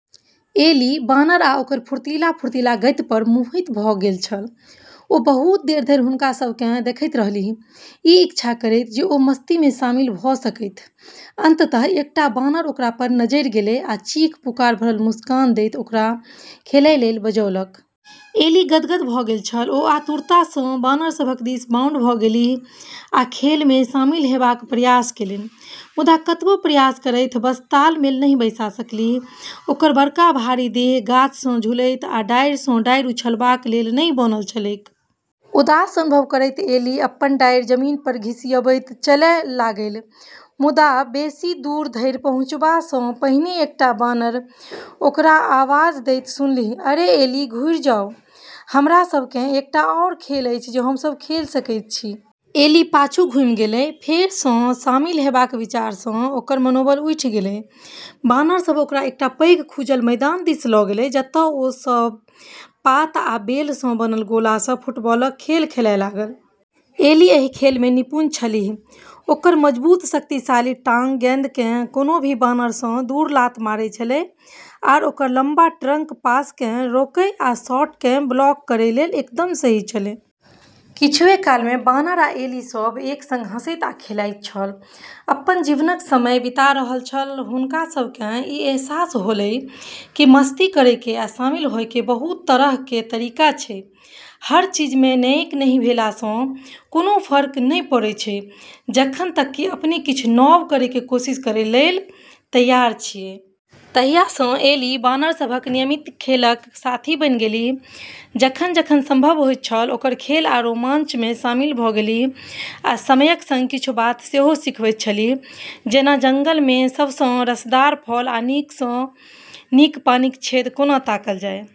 एली बानर आ ओकर फुर्तीला, फुर्तीला गति पर मोहित भऽ गेल छल। ओ बहुत देर धरि हुनका सभ केँ देखैत रहलीह, ई इच्छा करैत जे ओ मस्ती में शामिल भऽ सकथि। अन्ततः एकटा बानर ओकरा पर नजरि गेलै आ चीख-पुकार भरल मुस्कान दैत ओकरा खेलय लेल बजौलक। एली गदगद भऽ गेल छल! ओ आतुरता सँ बानर सभक दिस बाउंड भऽ गेलीह आ खेल में शामिल हेबाक प्रयास केलनि। मुदा कतबो प्रयास करथि, बस तालमेल नहि बैसा सकलीह। ओकर बड़का भारी देह गाछसँ झूलैत आ डारिसँ डारि उछलबाक लेल नहि बनल छलैक। उदास अनुभव करैत एली अपन डारि जमीन पर घिसियबैत चलय लागलि। मुदा बेसी दूर धरि पहुँचबासँ पहिने एकटा बानर ओकरा आवाज दैत सुनलीह। "अरे, एली, घुरि जाउ! हमरा सभ केँ एकटा आओर खेल अछि जे हम सभ खेलि सकैत छी!" एली पाछू घुमि गेलै, फेरसँ शामिल हेबाक विचारसँ ओकर मनोबल उठि गेलै। बानर सभ ओकरा एकटा पैघ खुजल मैदान दिस ल' गेलै, जतय ओ सभ पात आ बेल सँ बनल गोला सँ फुटबॉलक खेल खेलय लागल। एली एहि खेल में निपुण छलीह। ओकर मजबूत, शक्तिशाली टांग गेंद केँ कोनो भी बानर सँ भी दूर लात मारै छलै, आर ओकर लम्बा ट्रंक पास केँ रोकै आ शॉट केँ ब्लॉक करै लेल एकदम सही छलै। किछुए काल में बानर आ एली सब एक संग हँसैत आ खेलाइत छल, अपन जीवनक समय बिता रहल छल। हुनका सब केँ ई अहसास होलै कि मस्ती करै के आ शामिल होय के बहुत तरह के तरीका छै, हर चीज में नेएक नहि भेलासँ कोनो फर्क नै पड़ै छै, जखन तक कि अपने किछु नव करै के कोशिश करै लेल तैयार छियै। तहिया सँ एली बानर सभक नियमित खेलक साथी बनि गेलीह, जखन-जखन संभव होइत छल, ओकर खेल आ रोमांच में शामिल भ' गेलीह। आ समयक संग किछु बात सेहो सिखबैत छलीह, जेना जंगल में सबसँ रसदार फल आ नीक सँ नीक पानिक छेद कोना ताकल जाय।